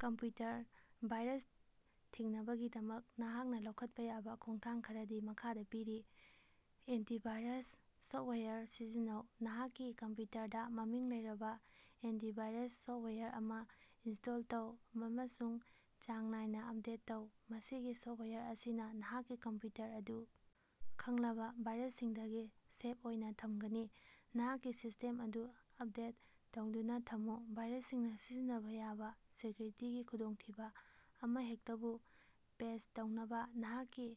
Computer virus ꯊꯤꯡꯅꯕꯒꯤꯗꯃꯛ ꯅꯍꯥꯛꯅ ꯂꯧꯈꯠꯄ ꯌꯥꯕ ꯈꯣꯡꯊꯥꯡ ꯈꯔꯗꯤ ꯃꯈꯥꯗ ꯄꯤꯔꯤ: ꯑꯦꯟꯇꯤꯚꯥꯏꯔꯁ ꯁꯣꯐꯇꯋꯥꯌꯔ ꯁꯤꯖꯤꯟꯅꯧ: ꯅꯍꯥꯛꯀꯤ ꯀꯝꯄ꯭ꯌꯨꯇꯔꯗ ꯃꯃꯤꯡ ꯂꯩꯔꯕ ꯑꯦꯟꯇꯤꯚꯥꯏꯔꯁ ꯁꯣꯐꯇꯋꯥꯌꯔ ꯑꯃ ꯏꯟꯁ꯭ꯇꯣꯜ ꯇꯧ ꯑꯃꯁꯨꯡ ꯆꯥꯡ ꯅꯥꯏꯅ ꯑꯄꯗꯦꯠ ꯇꯧ꯫ ꯃꯁꯤꯒꯤ ꯁꯣꯐꯇꯋꯥꯌꯔ ꯑꯁꯤꯅꯥ ꯅꯍꯥꯛꯀꯤ ꯀꯝꯄ꯭ꯌꯨꯇꯔ ꯑꯗꯨ ꯈꯪꯂꯕ ꯚꯥꯏꯔꯁꯁꯤꯡꯗꯒꯤ ꯁꯦꯐ ꯑꯣꯏꯅ ꯊꯝꯒꯅꯤ꯫ ꯅꯍꯥꯛꯀꯤ ꯁꯤꯁ꯭ꯇꯦꯝ ꯑꯗꯨ ꯑꯄꯗꯦꯠ ꯇꯧꯗꯨꯅ ꯊꯝꯃꯨ: ꯚꯥꯏꯔꯁꯁꯤꯡꯅ ꯁꯤꯖꯤꯟꯅꯕ ꯌꯥꯕ ꯁꯦꯀ꯭ꯌꯨꯔꯤꯇꯤꯒꯤ ꯈꯨꯗꯣꯡꯊꯤꯕ ꯑꯃꯍꯦꯛꯇꯕꯨ ꯄꯦꯆ ꯇꯧꯅꯕ ꯅꯍꯥꯛꯀꯤ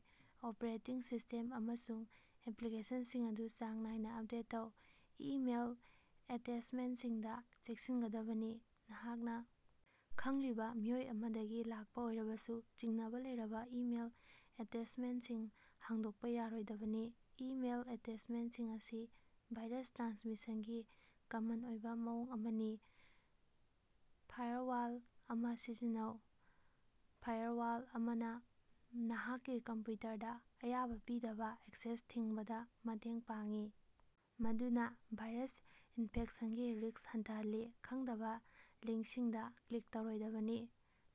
ꯑꯣꯄꯔꯦꯇꯤꯡ ꯁꯤꯁ꯭ꯇꯦꯝ ꯑꯃꯁꯨꯡ ꯑꯦꯞꯂꯤꯀꯦꯁꯟꯁꯤꯡ ꯑꯗꯨ ꯆꯥꯡ ꯅꯥꯏꯅ ꯑꯄꯗꯦꯠ ꯇꯧ꯫ ꯏꯃꯦꯏꯜ ꯑꯦꯇꯦꯆꯃꯦꯟꯇꯁꯤꯡꯗ ꯆꯦꯛꯁꯤꯟꯒꯗꯕꯅꯤ: ꯅꯍꯥꯛꯅ ꯈꯪꯂꯤꯕ ꯃꯤꯑꯣꯏ ꯑꯃꯗꯒꯤ ꯂꯥꯛꯄ ꯑꯣꯏꯔꯕꯁꯨ ꯆꯤꯡꯅꯕ ꯂꯩꯔꯕ ꯏꯃꯦꯏꯜ ꯑꯦꯇꯦꯆꯃꯦꯟꯇꯁꯤꯡ ꯍꯥꯡꯗꯣꯛꯄ ꯌꯥꯔꯣꯏꯗꯕꯅꯤ꯫ ꯏꯃꯦꯏꯜ ꯑꯦꯇꯦꯆꯃꯦꯟꯇꯁꯤꯡ ꯑꯁꯤ ꯚꯥꯏꯔꯁ ꯇ꯭ꯔꯥꯟꯁꯃꯤꯁꯟꯒꯤ ꯀꯃꯟ ꯑꯣꯏꯕ ꯃꯑꯣꯡ ꯑꯃꯅꯤ꯫ ꯐꯥꯏꯔꯋꯥꯜ ꯑꯃ ꯁꯤꯖꯤꯟꯅꯧ: ꯐꯥꯏꯔꯋꯥꯜ ꯑꯃꯅ ꯅꯍꯥꯛꯀꯤ ꯀꯝꯄ꯭ꯌꯨꯇꯔꯗ ꯑꯌꯥꯕ ꯄꯤꯗꯕ ꯑꯦꯛꯁꯦꯁ ꯊꯤꯡꯕꯗ ꯃꯇꯦꯡ ꯄꯥꯡꯏ꯫ ꯃꯗꯨꯅ ꯚꯥꯏꯔꯁ ꯏꯅꯐꯦꯛꯁꯟꯒꯤ ꯔꯤꯁ꯭ꯛ ꯍꯟꯊꯍꯜꯂꯤ꯫ ꯈꯪꯗꯕ ꯂꯤꯡꯀꯁꯤꯡꯗ ꯀ꯭ꯂꯤꯛ ꯇꯧꯔꯣꯏꯗꯕꯅꯤ: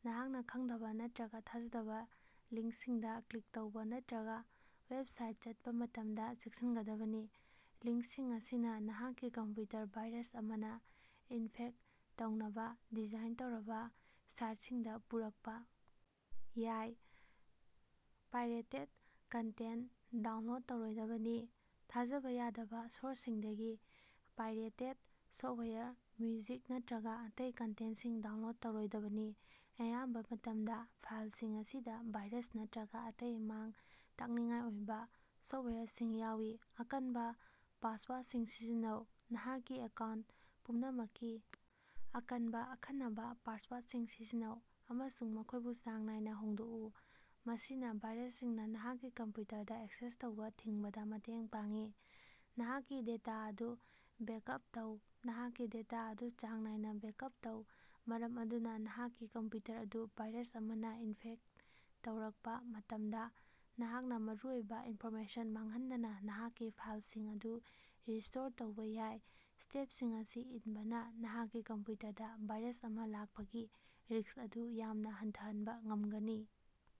ꯅꯍꯥꯛꯅ ꯈꯪꯗꯕ ꯅꯠꯇ꯭ꯔꯒ ꯊꯥꯖꯗꯕ ꯂꯤꯡꯁꯤꯡꯗ ꯀ꯭ꯂꯤꯛ ꯇꯧꯕ ꯅꯠꯇ꯭ꯔꯒ ꯋꯦꯕꯁꯥꯏꯠꯇ ꯆꯠꯄ ꯃꯇꯝꯗ ꯆꯦꯛꯁꯤꯟꯒꯗꯕꯅꯤ꯫ ꯂꯤꯡꯁꯤꯡ ꯑꯁꯤꯅ ꯅꯍꯥꯛꯀꯤ ꯀꯝꯄ꯭ꯌꯨꯇꯔ ꯚꯥꯏꯔꯁ ꯑꯃꯅ ꯏꯅꯐꯦꯛꯇ ꯇꯧꯅꯕ ꯗꯤꯖꯥꯏꯟ ꯇꯧꯔꯕ ꯁꯥꯏꯇꯁꯤꯡꯗ ꯄꯨꯔꯛꯄ ꯌꯥꯏ꯫ ꯄꯥꯏꯔꯦꯇꯦꯗ ꯀꯟꯇꯦꯟꯇ ꯗꯥꯎꯟꯂꯣꯗ ꯇꯧꯔꯣꯏꯗꯕꯅꯤ: ꯊꯥꯖꯕ ꯌꯥꯗꯕ ꯁꯣꯔꯁꯁꯤꯡꯗꯒꯤ ꯄꯥꯏꯔꯦꯇꯦꯗ ꯁꯣꯐꯇꯋꯥꯌꯔ, ꯃ꯭ꯌꯨꯖꯤꯛ ꯅꯠꯇ꯭ꯔꯒ ꯑꯇꯩ ꯀꯟꯇꯦꯟꯇꯁꯤꯡ ꯗꯥꯎꯟꯂꯣꯗ ꯇꯧꯔꯣꯏꯗꯕꯅꯤ꯫ ꯑꯌꯥꯝꯕ ꯃꯇꯝꯗ, ꯐꯥꯏꯂꯁꯤꯡ ꯑꯁꯤꯗ ꯚꯥꯏꯔꯁ ꯅꯠꯇ꯭ꯔꯒ ꯑꯇꯩ ꯃꯥꯡ-ꯇꯥꯛꯅꯤꯡꯉꯥꯏ ꯑꯣꯏꯕ ꯁꯣꯐꯇꯋꯥꯌꯔꯁꯤꯡ ꯌꯥꯎꯏ꯫ ꯑꯀꯟꯕꯥ ꯄꯥꯁꯋꯥꯔꯗꯁꯤꯡ ꯁꯤꯖꯤꯟꯅꯧ: ꯅꯍꯥꯛꯀꯤ ꯑꯦꯀꯥꯎꯟꯇ ꯄꯨꯝꯅꯃꯛꯀꯤ ꯑꯀꯟꯕ ꯑꯈꯟꯅꯕ ꯄꯥꯁꯋꯥꯔꯗꯁꯤꯡ ꯁꯤꯖꯤꯟꯅꯧ, ꯑꯃꯁꯨꯡ ꯃꯈꯣꯢꯕꯨ ꯆꯥꯡ ꯅꯥꯏꯅ ꯍꯣꯡꯗꯣꯛꯎ꯫ ꯃꯁꯤꯅ ꯚꯥꯏꯔꯁꯁꯤꯡꯅ ꯅꯍꯥꯛꯀꯤ ꯀꯝꯄ꯭ꯌꯨꯇꯔꯗ ꯑꯦꯛꯁꯦꯁ ꯇꯧꯕ ꯊꯤꯡꯕꯗ ꯃꯇꯦꯡ ꯄꯥꯡꯏ꯫ ꯅꯍꯥꯛꯀꯤ ꯗꯦꯇꯥ ꯑꯗꯨ ꯕꯦꯀꯑꯞ ꯇꯧ: ꯅꯍꯥꯛꯀꯤ ꯗꯦꯇꯥ ꯑꯗꯨ ꯆꯥꯡ ꯅꯥꯏꯅ ꯕꯦꯀꯑꯞ ꯇꯧ, ꯃꯔꯝ ꯑꯗꯨꯅ ꯅꯍꯥꯛꯀꯤ ꯀꯝꯄ꯭ꯌꯨꯇꯔ ꯑꯗꯨ ꯚꯥꯏꯔꯁ ꯑꯃꯅ ꯏꯟꯐꯦꯛꯇ ꯇꯧꯔꯛꯄ ꯃꯇꯝꯗ ꯅꯍꯥꯛꯅ ꯃꯔꯨꯑꯣꯏꯕ ꯏꯅꯐꯣꯔꯃꯦꯁꯟ ꯃꯥꯡꯍꯟꯗꯅ ꯅꯍꯥꯛꯀꯤ ꯐꯥꯏꯂꯁꯤꯡ ꯑꯗꯨ ꯔꯤꯁ꯭ꯇꯣꯔ ꯇꯧꯕ ꯌꯥꯏ꯫ ꯁ꯭ꯇꯦꯄꯁꯤꯡ ꯑꯁꯤ ꯏꯟꯕꯅ ꯅꯍꯥꯛꯀꯤ ꯀꯝꯄ꯭ꯌꯨꯇꯔꯗ ꯚꯥꯏꯔꯁ ꯑꯃ ꯂꯥꯛꯄꯒꯤ ꯔꯤꯁ꯭ꯛ ꯑꯗꯨ ꯌꯥꯝꯅ ꯍꯟꯊꯍꯟꯕ ꯉꯝꯒꯅꯤ꯫।